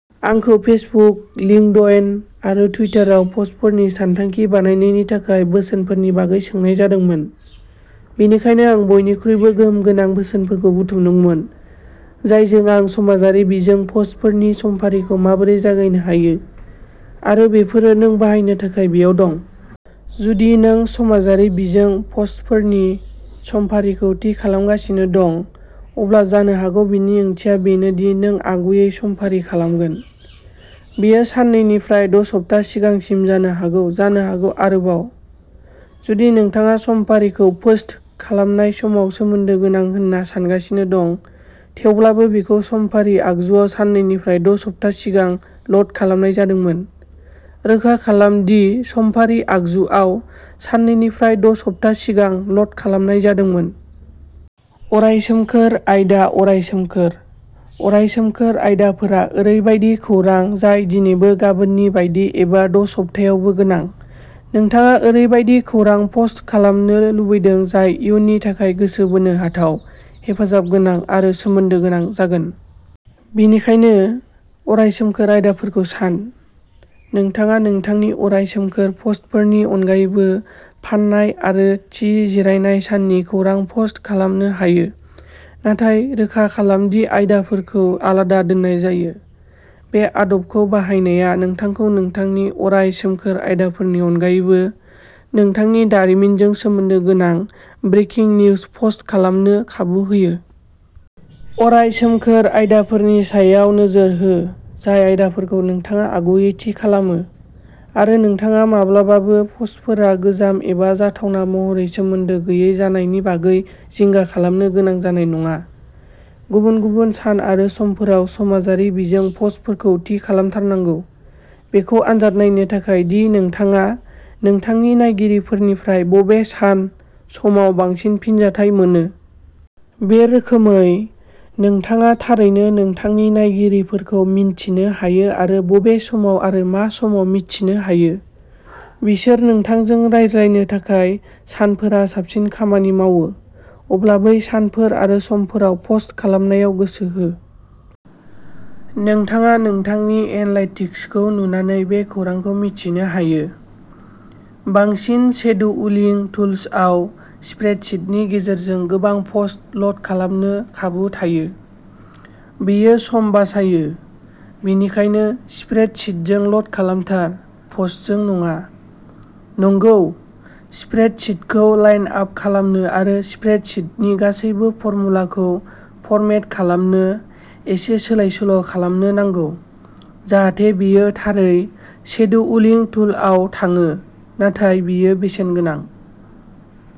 आंखौ Facebook, LinkedIn आरो टुइटाराव पस्टफोरनि सानथांखि बानायनायनि थाखाय बोसोनफोरनि बागै सोंनाय जादोंमोन, बेनिखायनो आं बयनिख्रुइबो गोहोम गोनां बोसोनफोरखौ बुथुमदोंमोन, जायजों आं समाजारि बिजों पस्टफोरनि समफारिखौ माबोरै जागायनो हायो, आरो बेफोरो नों बाहायनो थाखाय बेयाव दं। जुदि नों समाजारि बिजों पस्टफोरनि समफारिखौ थि खालामगासिनो दं, अब्ला जानो हागौ बेनि ओंथिया बेनो दि नों आगुयै समफारि खालामगोन। बेयो साननैनिफ्राय द'सप्ता सिगांसिम जानो हागौ, जानो हागौ आरोबाव। जुदि नोंथाङा समफारिखौ पोस्ट खालामनाय समाव सोमोन्दो गोनां होनना सान्गासिनो दं, थेवब्लाबो बेखौ समफारि आगजुआव साननैनिफ्राय द'सप्ता सिगां ल'ड खालामनाय जादोंमोन, रोखा खालाम दि समफारि आगजुआव साननैनिफ्राय द'सप्ता सिगां ल'ड खालामनाय जादोंमोन। अराय सोमखोर आयदा अराय सोमखोर। अराय सोमखोर आयदाफोरा ओरैबायदि खौरां जाय दिनैबो गाबोननि बायदि एबा द'सप्तायावबो गोनां। नोंथाङा ओरैबायदि खौरां पस्ट खालामनो लुबैदों जाय इयुननि थाखाय गोसो बोनो हाथाव, हेफाजाब गोनां आरो सोमोन्दो गोनां जागोन। बेनिखायनो, अराय सोमखोर आयदाफोरखौ सान। नोंथाङा नोंथांनि अराय सोमखोर पस्टफोरनि अनगायैबो फान्नाय आरो थि जिरायनाय साननि खौरां पस्ट खालामनो हायो, नाथाय रोखा खालाम दि आयदाफोरखौ आलादा दोननाय जायो। बे आदबखौ बाहायनाया नोंथांखौ नोंथांनि अराय सोमखोर आयदाफोरनि अनगायैबो नोंथांनि दारिमिनजों सोमोन्दो गोनां ब्रेकिं निउज पस्ट खालामनो खाबु होयो। अराय सोमखोर आयदाफोरनि सायाव नोजोर हो, जाय आयदाफोरखौ नोंथाङा आगुयै थि खालामो, आरो नोंथाङा माब्लाबाबो पस्टफोरा गोजाम एबा जाथावना महरै सोमोन्दो गैयै जानायनि बागै जिंगा खालामनो गोनां जानाय नङा। गुबुन-गुबुन सान आरो समफोराव समाजारि बिजों पस्टफोरखौ थि खालामथारनांगौ, बेखौ आनजाद नायनो थाखाय दि नोंथाङा नोंथांनि नायगिरिफोरनिफ्राय बबे सान/समाव बांसिन फिनजाथाय मोनो। बे रोखोमै, नोंथाङा थारैनो नोंथांनि नायगिरिफोरखौ मिन्थिनो हायो आरो बबे समाव आरो मा समाव मिथिनो हायो। बिसोर नोंथांजों रायज्लायनो थाखाय सानफोरा साबसिन खामानि मावो। अब्ला बै सानफोर आरो समफोराव पस्ट खालामनायाव गोसो हो। नोंथाङा नोंथांनि एनालाइटिक्सखौ नुनानै बे खौरांखौ मिथिनो हायो। बांसिन सेडुउलिं टुल्स आव स्प्रेडशीटनि गेजेरजों गोबां पस्ट ल'ड खालामनो खाबु थायो। बेयो सम बासायो, बेनिखायनो स्प्रेडशीटजों ल'ड खालामथार, पस्टजों नङा। नंगौ, स्प्रेडशीटखौ लाइन आप खालामनो आरो स्प्रेडशीटनि गासैबो फर्मुलाखौ फरमेट खालामनो एसे सोलाय-सोल'खालामनो नांगौ, जाहाथे बेयो थारै सेडुउलिं टुलआव थाङो, नाथाय बेयो बेसेनगोनां।